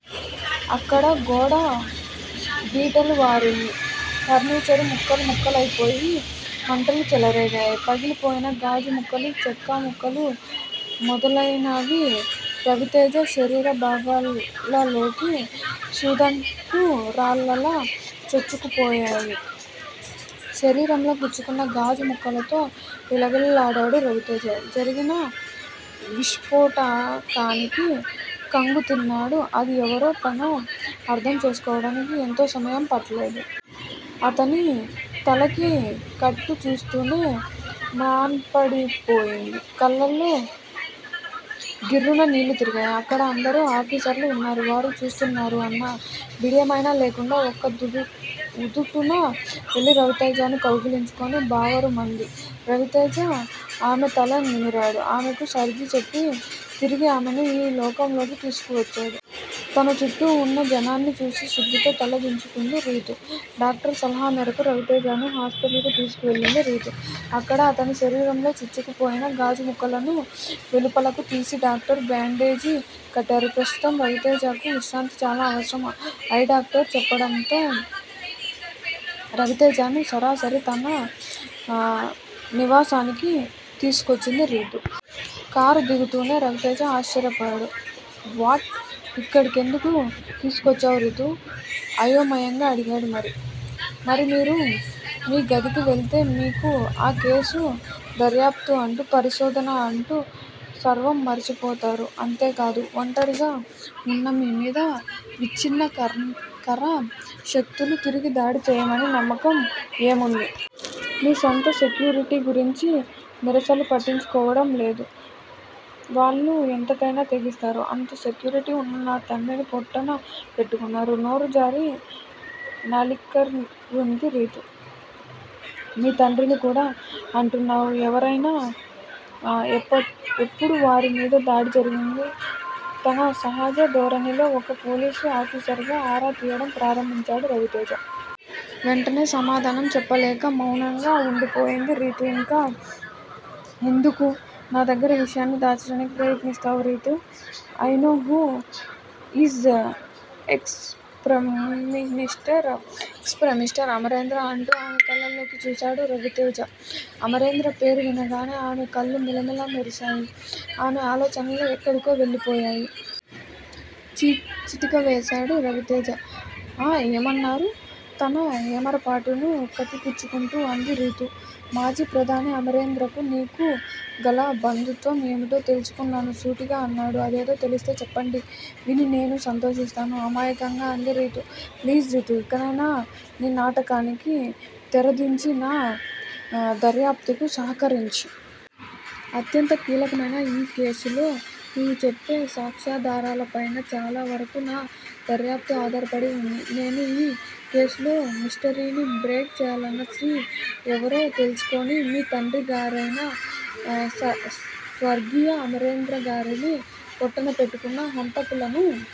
అక్కడ గోడ బీటలు వారింది. ఫర్నిచరు ముక్కలు ముక్కలయిపోయి మంటలు చెలరేగాయి. పగిలిపోయిన గాజు ముక్కలు, చెక్క ముక్కలు మొదలయినవిరవితేజ శరీర భాగాలలోకి సూదంటురాళ్ళలా చొచ్చుకుపోయాయి. శరీరంలో గుచ్చుకున్న గాజు ముక్కలతో విలవిలలాడాడు రవితేజ. జరిగిన విస్పోటకానికి ఖంగుతిన్నాడు. అది ఎవరో పనో అర్ధం చేసికోవడానికి ఎంతో సమయం పట్టలేదు. అతని తలకి కట్టు చూస్తూనే మాన్పడిపోయింది. కళ్ళలో గిర్రున నీళ్ళు తిరిగాయి. అక్కడ అందరు ఆఫీసర్లూ వున్నారు, వారు చూస్తున్నారు అన్న బిడియం అయినా లేకుండా ఒక్క ఉదుటున వెళ్ళి రవితేజను కౌగిలించుకుని బావురుమంది. రవితేజ ఆమె తల నిమిరాడు. ఆమెకు సర్దిచెప్పి తిరిగి ఆమెను ఈ లోకంలోకి తీసుకువచ్చాడు. తన చుట్టూ వున్న జనాన్ని చూసి సిగ్గుతో తల దించుకుంది రీతు. డాక్టరు సలహా మేరకు రవితేజను హాస్పిటల్ కు తీసుకువెళ్ళింది రీతు. అక్కడ అతని శరీరంలో చొచ్చుకుపోయిన గాజు ముక్కలను వెలుపలకు తీసి డాక్టర్ బ్యాండేజీ కట్టారు. ప్రస్తుతం రవితేజకు విశ్రాంతి చాలా అవసరం ఐ డాక్టర్లు చెప్పడంతో రవితేజను సరాసరి తన నివాసానికి తీసుకువచ్చింది రీతు. కారు దిగుతూనే రవితేజ ఆశ్చర్యపోయాడు. వ్హ్వాట్! ఇక్కడికెందుకు తీసుకువచ్చావు రీతూ? అయోమయంగా అడిగాడు. మరి? మీరు మీ గదికి వెళితే మీకు ఆ కేసు దర్యాప్తు అంటూ, పరిశోధన అంటూ సర్వం మరచిపోతారు. అంతేకాదు. వంటరిగా వున్న మీ మీద విచ్చిన్నకర శక్తులు తిరిగి దాడి చేయవని నమ్మకం ఏముంది? మీ సొంత సెక్యూరిటీ గురించి మీరసలు పట్టించుకోవడం లేదు. వాళ్ళు ఎంతకయినా తెగిస్తారు. అంత సెక్యూరిటీ వున్న నా తండ్రిని పొట్టన పెట్టుకున్నారు నోరు జారి నాలిక్కర రీతు. మీ తండ్రిని కూడా అంటున్నావు, ఎవరాయన? ఎప్పుడు వారి మీద దాడి జరిగింది? తన సహజ ధోరణిలో ఒక పోలీసు ఆఫీసరుగా ఆరా తీయడం ప్రారంభించాడు రవితేజ. వెంటనే సమాధానం చెప్పలేక మౌనంగా వుండిపోయింది రీతు. ఇంకా ఎందుకు నా దగ్గర విషయాన్ని దాచడానికి ప్రయత్నిస్తావు Ritu? I know who is ex prime minister ex prime minister Amarendra అంటూ ఆమె కళ్ళలోకి చూశాడు రవితేజ. అమరేంద్ర పేరు వినగానే ఆమె కళ్ళు మిలమిల మెరిసాయి. ఆమె ఆలోచనలు ఎక్కడికో వెళ్ళిపోయాయి. చిటిక వేశాడు రవితేజ. ఆ ఏమన్నారు? తన ఏమరుపాటును కప్పిపుచ్చుకుంటూ అంది రీతు. మాజీ ప్రధాని అమరేంద్రకు. నీకు గల బంధుత్వం ఏమిటో తెలుసుకున్నాను సూటిగా అన్నాడు. అదేదో తెలిస్తే చెప్పండి, విని నేనూ సంతోషిస్తాను! అమాయకంగా అంది రీతు. ప్లీజ్, రీతూ! ఇకనైనా నీ నాటకానికి తెరదించి నా దర్యాప్తుకు సహకరించు. అత్యంత కీలకమైన ఈ కేసులో నువ్వు చెప్పే సాక్ష్యాధారాలపైన చాలా వరకు నా దర్యాప్తు ఆధారపడి వుంది. నేను ఈ కేసులో మిష్టరీని బ్రేక్ చేయాలన్నా 'శ్రీ' ఎవరో తెలుసుకుని మీ తండ్రిగారయిన స్వర్గీయ అమరేంద్రగారిని పొట్టనపెట్టుకున్న హంతకులను